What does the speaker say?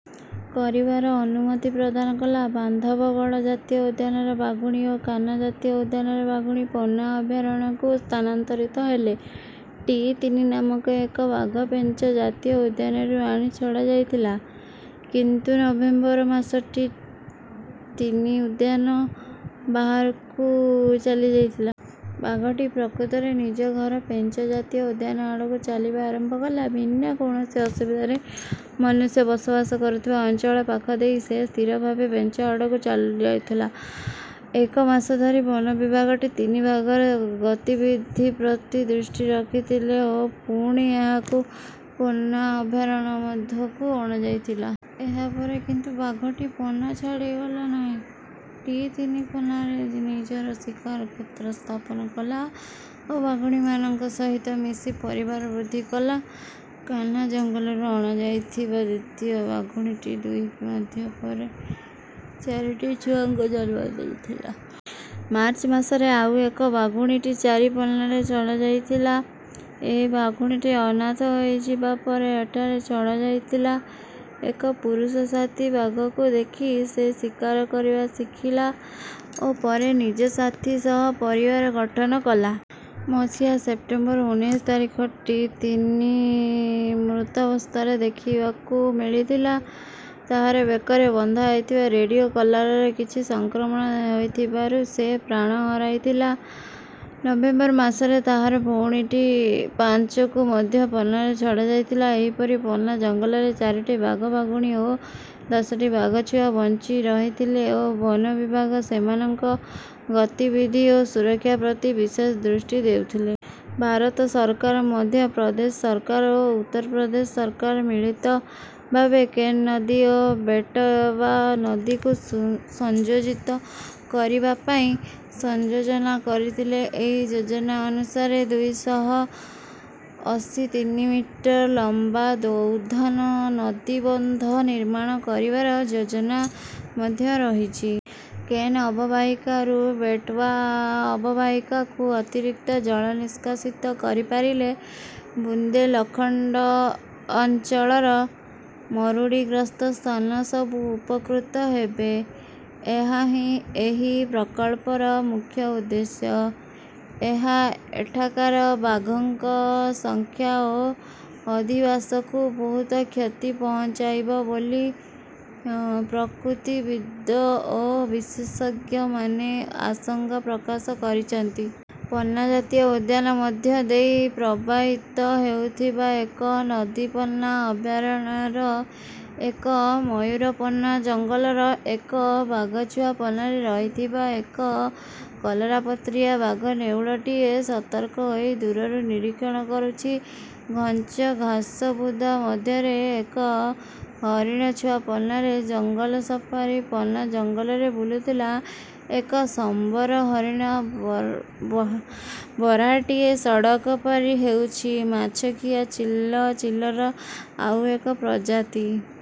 କରିବାର ଅନୁମତି ପ୍ରଦାନ କଲା। ବାନ୍ଧବଗଡ଼ ଜାତୀୟ ଉଦ୍ୟାନର ବାଘୁଣୀ ଓ କାହ୍ନା ଜାତୀୟ ଉଦ୍ୟାନର ବାଘୁଣୀ ପନ୍ନା ଅଭୟାରଣ୍ୟକୁ ସ୍ଥାନାନ୍ତରିତ ହେଲେ। ଟି ତିନି ନାମକ ଏକ ବାଘ ପେଞ୍ଚ ଜାତୀୟ ଉଦ୍ୟାନରୁ ଆଣି ଛଡ଼ାଯାଇଥିଲା। କିନ୍ତୁ ନଭେମ୍ବର ମାସରେ ଟି ତିନି ଉଦ୍ୟାନ ବାହାରକୁ ଚାଲି ଯାଇଥିଲା। ବାଘଟି ପ୍ରକୃତରେ ନିଜ ଘର ପେଞ୍ଚ ଜାତୀୟ ଉଦ୍ୟାନ ଆଡ଼କୁ ଚାଲିବା ଆରମ୍ଭ କଲା। ବିନା କୌଣସି ଅସୁବିଧାରେ ମନୁଷ୍ୟ ବସବାସ କରୁଥିବା ଅଞ୍ଚଳ ପାଖ ଦେଇ ସେ ସ୍ଥିର ଭାବେ ପେଞ୍ଚ ଆଡ଼କୁ ଯାଉଥିଲା। ଏକ ମାସ ଧରି ବନ ବିଭାଗ ଟି ତିନି ବାଘର ଗତିବିଧି ପ୍ରତି ଦୃଷ୍ଟି ରଖିଥିଲେ ଓ ପୁଣି ଏହାକୁ ପନ୍ନା ଅଭୟାରଣ୍ୟ ମଧ୍ୟକୁ ଅଣାଯାଇଥିଲା। ଏହା ପରେ କିନ୍ତୁ ବାଘଟି ପନ୍ନା ଛାଡ଼ି ଗଲା ନାହିଁ। ଟି ତିନି ପନ୍ନାରେ ନିଜର ଶିକାର କ୍ଷେତ୍ର ସ୍ଥାପନ କଲା ଓ ବାଘୁଣୀମାନଙ୍କ ସହିତ ମିଶି ପରିବାର ବୃଦ୍ଧି କଲା। କାହ୍ନା ଜଙ୍ଗଲରୁ ଅଣାଯାଇଥିବା ଦ୍ୱିତୀୟ ବାଘୁଣୀ ଟି ଦୁଇ ମଧ୍ୟ ପରେ ଚାରିଟି ଛୁଆଙ୍କୁ ଜନ୍ମ ଦେଇଥିଲା। ମାର୍ଚ୍ଚ ମାସରେ ଆଉ ଏକ ବାଘୁଣୀ ଟି ଚାରି ପନ୍ନାରେ ଛଡ଼ାଯାଇଥିଲା। ଏହି ବାଘୁଣୀଟି ଅନାଥ ହୋଇଯିବା ପରେ ଏଠାରେ ଛଡ଼ାଯାଇଥିଲା। ଏକ ପୁରୁଷ ସାଥୀ ବାଘକୁ ଦେଖି ସେ ଶିକାର କରିବା ଶିଖିଲା ଓ ପରେ ନିଜ ସାଥୀ ସହ ପରିବାର ଗଠନ କଲା। ମସିହା ସେପ୍ଟେମ୍ବର ଉନେଇଶ ତାରିଖରେ ଟି ତିନି ମୃତାବସ୍ଥାରେ ଦେଖିବାକୁ ମିଳିଥିଲା। ତାହାର ବେକରେ ବନ୍ଧା ହୋଇଥିବା ରେଡିଓ କଲାରରେ କିଛି ସଂକ୍ରମଣ ହୋଇଥିବାରୁ ସେ ପ୍ରାଣ ହରାଇଥିଲା। ନଭେମ୍ବର ମାସରେ ତାହାର ଭଉଣୀ ଟି ପାଞ୍ଚକୁ ମଧ୍ୟ ପନ୍ନାରେ ଛଡ଼ା ଯାଇଥିଲା। ଏହିପରି ପନ୍ନା ଜଙ୍ଗଲରେ ଚାରିଟି ବାଘ ବାଘୁଣୀ ଓ ଦଶଟି ବାଘଛୁଆ ବଞ୍ଚି ରହିଥିଲେ ଓ ବନ ବିଭାଗ ସେମାନଙ୍କ ଗତିବିଧି ଓ ସୁରକ୍ଷା ପ୍ରତି ବିଶେଷ ଦୃଷ୍ଟି ଦେଉଥିଲେ। ଭାରତ ସରକାର, ମଧ୍ୟ ପ୍ରଦେଶ ସରକାର ଓ ଉତ୍ତର ପ୍ରଦେଶ ସରକାର ମିଳିତ ଭାବେ କେନ୍ ନଦୀ ଓ ବେଟୱା ନଦୀକୁ ସଂଯୋଜିତ କରିବା ପାଇଁ ଯୋଜନା କରିଥିଲେ। ଏହି ଯୋଜନା ଅନୁସାରେ ଦୁଇ ଶହ ଅଶୀ ତିନି ମିଟର ଲମ୍ବା ଦୌଧାନ ନଦୀବନ୍ଧ ନିର୍ମାଣ କରିବାର ଯୋଜନା ମଧ୍ୟ ରହିଛି। କେନ୍ ଅବବାହିକାରୁ ବେଟୱା ଅବବାହିକାକୁ ଅତିରିକ୍ତ ଜଳ ନିଷ୍କାସିତ କରିପାରିଲେ ବୁନ୍ଦେଲଖଣ୍ଡ ଅଞ୍ଚଳର ମରୁଡ଼ିଗ୍ରସ୍ତ ସ୍ଥାନ ସବୁ ଉପକୃତ ହେବେ। ଏହା ହିଁ ଏହି ପ୍ରକଳ୍ପର ମୁଖ୍ୟ ଉଦ୍ଦେଶ୍ୟ। ଏହା ଏଠାକାର ବାଘଙ୍କ ସଂଖ୍ୟା ଓ ଅଧିବାସକୁ ବହୁତ କ୍ଷତି ପହଞ୍ଚାଇବ ବୋଲି ପ୍ରକୃତିବିଦ ଓ ବିଶେଷଜ୍ଞମାନେ ଆଶଙ୍କା ପ୍ରକାଶ କରିଛନ୍ତି। ପନ୍ନା ଜାତୀୟ ଉଦ୍ୟାନ ମଧ୍ୟ ଦେଇ ପ୍ରବାହିତ ହେଉଥିବା ଏକ ନଦୀ ପନ୍ନା ଅଭୟାରଣ୍ୟର ଏକ ମୟୂର ପନ୍ନା ଜଙ୍ଗଲର ଏକ ବାଘ ଛୁଆ ପନ୍ନାରେ ରହିଥିବା ଏକ କଲରାପତରିଆ ବାଘ ନେଉଳଟିଏ ସତର୍କ ହୋଇ ଦୂରରୁ ନିରୀକ୍ଷଣ କରୁଛି ଘଞ୍ଚ ଘାସବୁଦା ମଧ୍ୟରେ ଏକ ହରିଣ ଛୁଆ ପନ୍ନାରେ ଜଙ୍ଗଲ ସଫାରୀ ପନ୍ନା ଜଙ୍ଗଲରେ ବୁଲୁଥିବା ଏକ ସମ୍ବର ହରିଣ ବାର୍ହାଟିଏ ସଡ଼କ ପାରି ହେଉଛି ମାଛଖିଆ ଚିଲ ଚିଲର ଆଉ ଏକ ପ୍ରଜାତି।